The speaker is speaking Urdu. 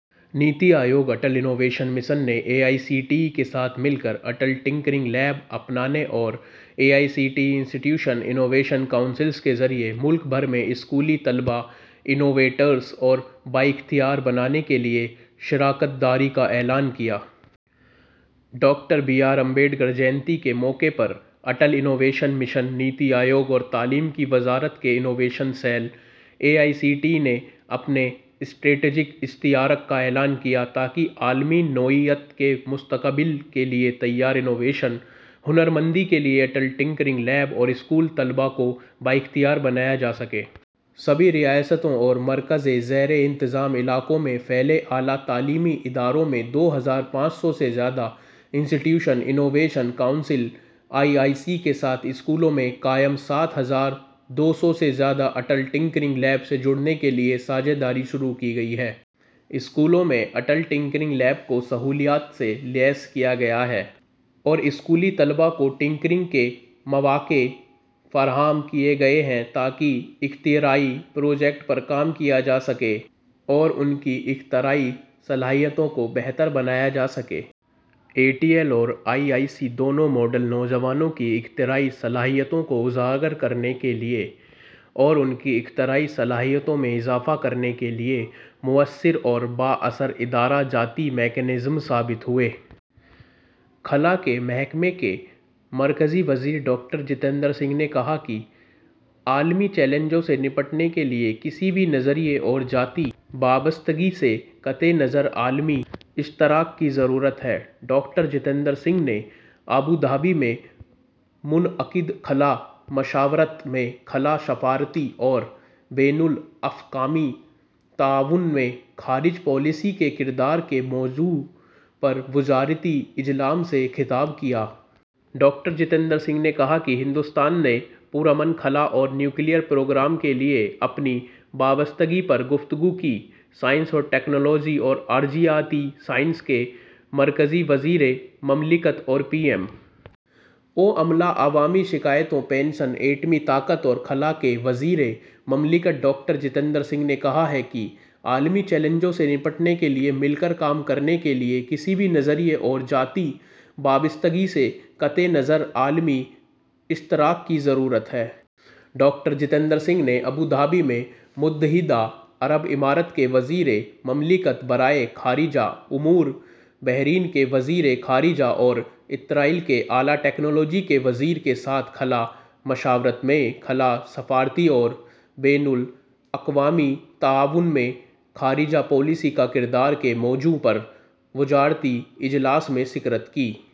نیتی آیوگ اٹل انوویشن مشن نے اے آئی سی ٹی ای کے ساتھ مل کر اٹل ٹنکرنگ لیب اپنانے اور اے I C T E institution innovation councils کے ذریعے ملک بھر میں اسکولی طلباء انوویٹرز کو بااختیار بنانے کے لیے شراکت داری کا اعلان کیا۔ Doctor B R Ambedkar Jayanti کے موقع پر اٹل انوویشن مشن، نیتی آیوگ اور تعلیم کی وزارت کے innovation cell, A I C T E نے اپنے اسٹریٹجک اشتراک کا اعلان کیا ہے تاکہ عالمی نوعیت کے مستقبل کے لیے تیار انوویشن ہنرمندی کے لیے اٹل ٹنکرنگ لیب کے اسکولی طلباء کو بااختیار بنایا جا سکے۔ سبھی ریاستوں اور مرکز کے زیرِ انتظام علاقوں میں پھیلے اعلیٰ تعلیمی اداروں میں دو ہزار پانچ سو سے زیادہ institution innovation council, I I C, کے ساتھ اسکولوں میں قائم سات ہزار دو سو سے زیادہ اٹل ٹنکرنگ لیب سے جڑنے کے لیے ساجھیداری شروع کی گئی ہے۔ اسکولوں میں اٹل ٹنکرنگ لیب کو سہولتوں سے لیس کیا گیا ہے اور اسکولی طلباء کو ٹنکرنگ کے مواقع فراہم کیے گئے ہیں تاکہ اختراعی پروجیکٹوں پر کام کیا جا سکے اور ان کی اختراعی صلاحیتوں کو بہتر بنایا جا سکے۔ اے ٹی ایل اور آئی آئی سی دونوں ماڈل نوجوانوں کی اختراعی صلاحیتوں کو سامنے لانے اور اختراعی صلاحیت میں اضافہ کرنے کے لیے مؤثر اور بااثر ادارہ جاتی میکنزم ثابت ہوئے ہیں۔ خلاء کا محکمہ مرکزی وزیر ڈاکٹر جتیندر سنگھ نے کہا ہے کہ عالمی چیلنجوں سے نمٹنے کے لیے کسی بھی نظریے اور ذاتی وابستگی سے قطع نظر عالمی اشتراک کی ضرورت ہے۔ ڈاکٹر جتیندر سنگھ نے ابوظہبی میں منعقدہ خلائی مشاورت میں ''خلائی سفارت کاری اور بین الاقوامی تعاون میں خارجہ پالیسی کے کردار'' کے موضوع پر وزارتی اجلام سے خطاب کیا۔ ڈاکٹر جتیندر سنگھ نے کہا کہ ہندوستان نے پرامن خلاء اور نیوکلیئر پروگرام کے لیے اپنی وابستگی پر گفتگو کی۔ سائنس اور ٹیکنالوجی اور ارضیاتی سائنس کے مرکزی وزیر مملکت اور پی ایم او، عملہ، عوامی شکایات، پنشن، ایٹمی توانائی اور خلاء کے وزیر مملکت ڈاکٹر جتیندر سنگھ نے کہا ہے کہ عالمی چیلنجوں سے نمٹنے کے لیے مل کر کام کرنے کے لیے کسی بھی نظریے اور ذاتی وابستگی سے قطع نظر عالمی اشتراک کی ضرورت ہے۔ ڈاکٹر جتیندر سنگھ نے ابوظہبی میں متحدہ عرب امارات کے وزیر مملکت برائے خارجہ امور، بحرین کے وزیر خارجہ اور اسرائیل کے اعلیٰ ٹیکنالوجی کے وزیر کے ساتھ خلائی مشاورت میں ''خلائی سفارت کاری اور بین الاقوامی تعاون میں خارجہ پالیسی کا کردار'' کے موضوع پر وزارتی اجلاس میں شیکرآٹھ کی۔